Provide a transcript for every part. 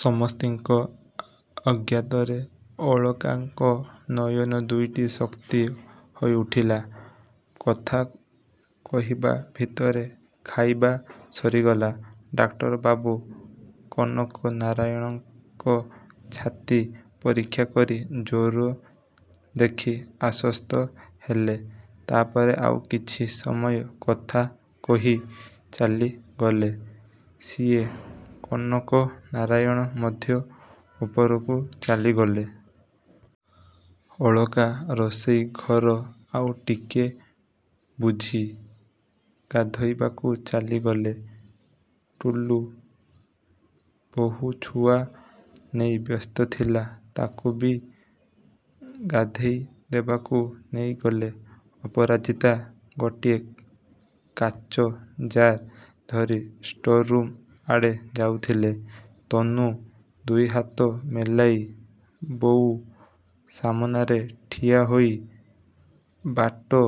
ସମସ୍ତିଙ୍କ ଅଜ୍ଞାତରେ ଅଳକାଙ୍କ ନୟନ ଦୁଇଟି ଶକ୍ତି ହେଇଉଠିଲା। କଥା କହିବା ଭିତରେ ଖାଇବା ସରିଗଲା। ଡାକ୍ତରବାବୁ କନକ ନାରାୟଣଙ୍କ ଛାତି ପରୀକ୍ଷା କରି, ଜ୍ୱର ଦେଖି ଆସ୍ୱସ୍ତ ହେଲେ। ତାପରେ ଆଉ କିଛି ସମୟ କଥା କହି ଚାଲିଗଲେ ସିଏ, କନକ ନାରାୟଣ ମଧ୍ୟ ଉପରକୁ ଚାଲିଗଲେ। ଅଳକା ରୋଷେଇ ଘର ଆଉ ଟିକେ ବୁଝି ଗାଧୋଇବାକୁ ଚାଲିଗଲେ। ଟୁଲୁ ବୋହୂ ଛୁଆ ନେଇ ବ୍ୟସ୍ତ ଥିଲା। ତାକୁ ବି ଗାଧୋଇ ଦେବାକୁ ନେଇଗଲେ। ଅପରାଜିତା ଗୋଟିଏ କାଚ ଜାର ଧରି ଷ୍ଟୋର ରୁମ୍ ଆଡ଼େ ଯାଉଥିଲେ। ତନୁ ଦୁଇହାତ ମେଲାଇ ବୋଉ ସାମନାରେ ଠିଆହୋଇ ବାଟ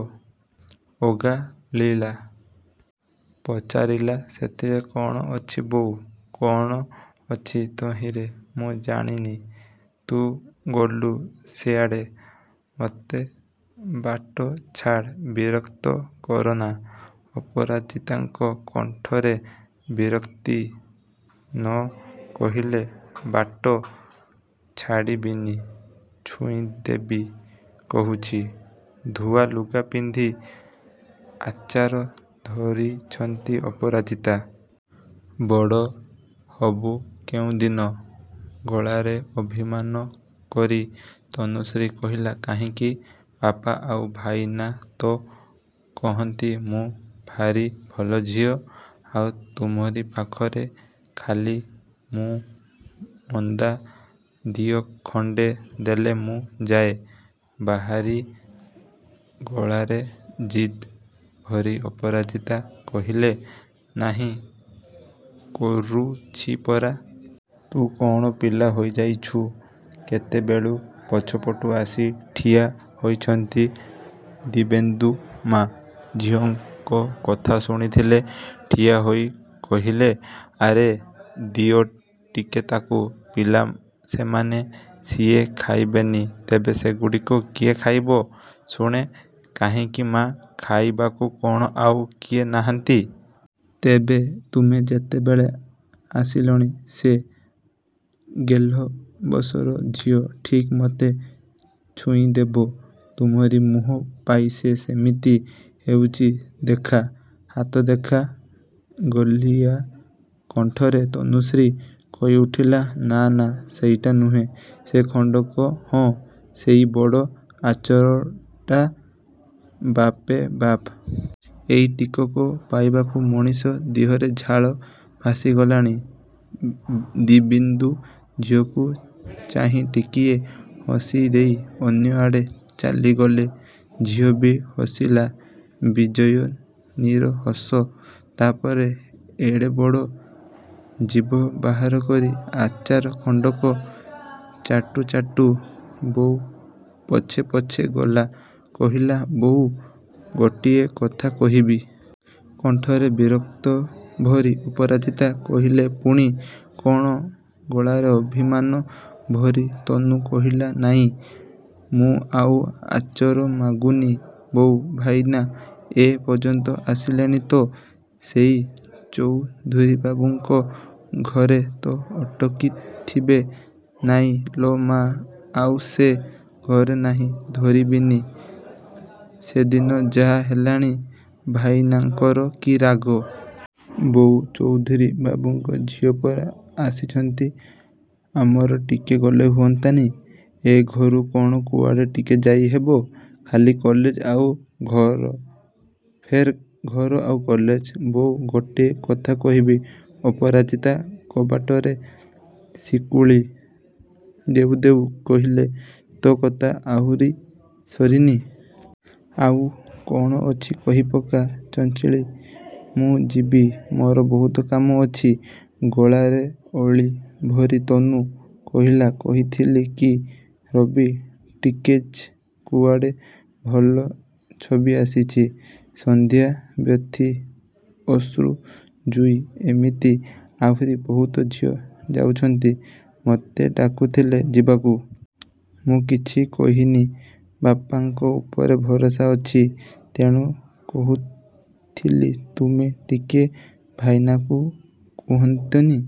ଓଗାଳିଲା। ପଚାରିଲା–ସେଥିରେ କ'ଣ ଅଛି ବୋଉ? କ'ଣ ଅଛି ତହିଁରେ ମୁଁ ଜାଣେନି। ତୁ ଗଲୁ ସିଆଡ଼େ। ମୋତେ ବାଟ ଛାଡ଼େ, ବିରକ୍ତ କରନା। ଅପରାଜିତାଙ୍କ କଣ୍ଠରେ ବିରକ୍ତି। ନ କହିଲେ ବାଟ ଛାଡ଼ିବିନି, ଛୁଇଁଦେବି କହୁଛି। ଧୁଆ ଲୁଗା ପିନ୍ଧି ଆଚାର ଧରିଛନ୍ତି ଅପରାଜିତା। ବଡ଼ ହବୁ କେଉଁଦିନ? ଗଳାରେ ଅଭିମାନ କରି ତନୁଶ୍ରୀ କହିଲା କାହିଁକି, ବାପା ଆଉ ଭାଇନା ତ କହନ୍ତି ମୁଁ ଭାରି ଭଲଝିଅ, ଆଉ ତୁମରି ପାଖରେ ଖାଲି ମୁଁ ମନ୍ଦା। ଦିଅ ଖଣ୍ଡେ, ଦେଲେ ମୁଁ ଯାଏ ବାହାରି। ଗଳାରେ ଜିଦ୍ ଭରି ଅପରାଜିତା କହିଲେ ନାହିଁ କରୁଛି ପରା। ତୁ କ'ଣ ପିଲା ହୋଇଯାଉଛୁ? କେତେବେଳୁ ପଛପଟୁ ଆସି ଠିଆ ହୋଇଛନ୍ତି ଦିବ୍ୟେନ୍ଦୁ। ମାଆ ଝିଅଙ୍କ କଥା ଶୁଣିଥିଲେ ଠିଆହୋଇ। କହିଲେ ଆରେ ଦିଅ ଟିକେ ତାକୁ। ପିଲା ସେମାନେ, ସିଏ ଖାଇବେନି, ତେବେ ସେଗୁଡିକ କିଏ ଖାଇବ ଶୁଣେ? କାହିଁକି ମା, ଖାଇବାକୁ କ'ଣ ଆଉ କିଏ ନାହାନ୍ତି? ତେବେ ତୁମେ ଯେତେବେଳେ ଆସିଲଣି ସେ ଗେହ୍ଲବସର ଝିଅ ଠିକ୍ ମୋତେ ଛୁଇଁଦେବ। ତୁମରି ମୁହଁ ପାଇ ସେ ସେମିତି ହେଉଛି। ଦେଖା, ହାତ ଦେଖା। ଗୋଲ୍ହିଆ କଣ୍ଠରେ ତନୁଶ୍ରୀ କହିଉଠିଲା ନା ନା, ସେଇଟା ନୁହେଁ। ସେ ଖଣ୍ଡକ। ହଁ, ସେଇ ବଡ଼ ଆଚାରଟା। ବାପ୍ରେ ବାପ୍! ଏଇ ଟିକକ ପାଇବାକୁ ମଣିଷ ଦିହରେ ଝାଳ ଭାସିଗଲାଣି। ଦିବ୍ୟେନ୍ଦୁ ଝିଅକୁ ଚାହିଁ ଟିକିଏ ହସିଦେଇ ଅନ୍ୟଆଡ଼େ ଚାଲିଗଲେ। ଝିଅବି ହସିଲା, ବିଜୟିନୀର ହସ। ତାପରେ ଏଡ଼େବଡ଼ ଜିଭ ବାହାର କରି ଆଚାର ଖଣ୍ଡକ ଚାଟୁ ଚାଟୁ ବୋଉ ପଛେ ପଛେ ଗଲା। କହିଲା ବୋଉ, ଗୋଟିଏ କଥା କହିବି। କଣ୍ଠରେ ବିରକ୍ତି ଭରି ଅପରାଜିତା କହିଲେ ପୁଣି କ'ଣ? ଗଳାରେ ଅଭିମାନ ଭରି ତନୁ କହିଲା ନାଇଁ ମୁଁ ଆଉ ଆଚର ମାଗୁନି। ବୋଉ, ଭାଇନା ଏ ପର୍ଯ୍ୟନ୍ତ ଆସିଲେନି ତ? ସେଇ ଚଉଧୂରୀ ବାବୁଙ୍କ ଘରେ ତ ଅଟକିଥିବେ। ନାଇଁ ଲୋ ମା, ଆଉ ସେ ଘରେ ନାହିଁ ଧରିବିନି; ସେଦିନ ଯାହା ହେଲାନା, ଭାଇନାଙ୍କର କି ରାଗ। ବୋଉ, ଚଉଧୁରୀ ବାବୁଙ୍କ ଝିଅ ପରା ଆସିଛନ୍ତି। ଆମର ଟିକେ ଗଲେ ହୁଅନ୍ତାନି?ଏ ଘରୁ କ'ଣ କୁଆଡ଼େ ଟିକେ ଯାଇହେବ! ଖାଲି କଲେଜ ଆଉ ଘର, ଫେର୍ ଘର ଆଉ କଲେଜ। ବୋଉ, ଗୋଟେ କଥା କହିବି? ଅପରାଜିତା କବାଟରେ ଶିକୁଳି ଦେଉ ଦେଉ କହିଲେ ତୋ କଥା ଆହୁରି ସରିନି? ଆଉ କ'ଣ ଅଛି କହିପକା ଚଞ୍ଚଳୀ, ମୁଁ ଯିବି। ମୋର ବହୁତ କାମ ଅଛି। ଗଳାରେ ଅଳି ଭରି ତନୁ କହିଲା କହିଥିଲି କି, ରବି ଟିକେଜ୍ କୁଆଡ଼େ ଭଲ ଛବି ଆସିଛି। ସନ୍ଧ୍ୟା, ଵ୍ୟଥି, ଅଶୃ, ଜୁଇ ଏମିତି ଆହୁରି ବହୁତ ଝିଅ ଯାଉଛନ୍ତି। ମୋତେ ଡାକୁଥିଲେ ଯିବାକୁ। ମୁଁ କିଛି କହିନି। ବାପାଙ୍କ ଉପରେ ଭରସା ଅଛି। ତେଣୁ କହୁଥିଲି ତୁମେ ଟିକେ ଭାଇନାକୁ କହନ୍ତନି?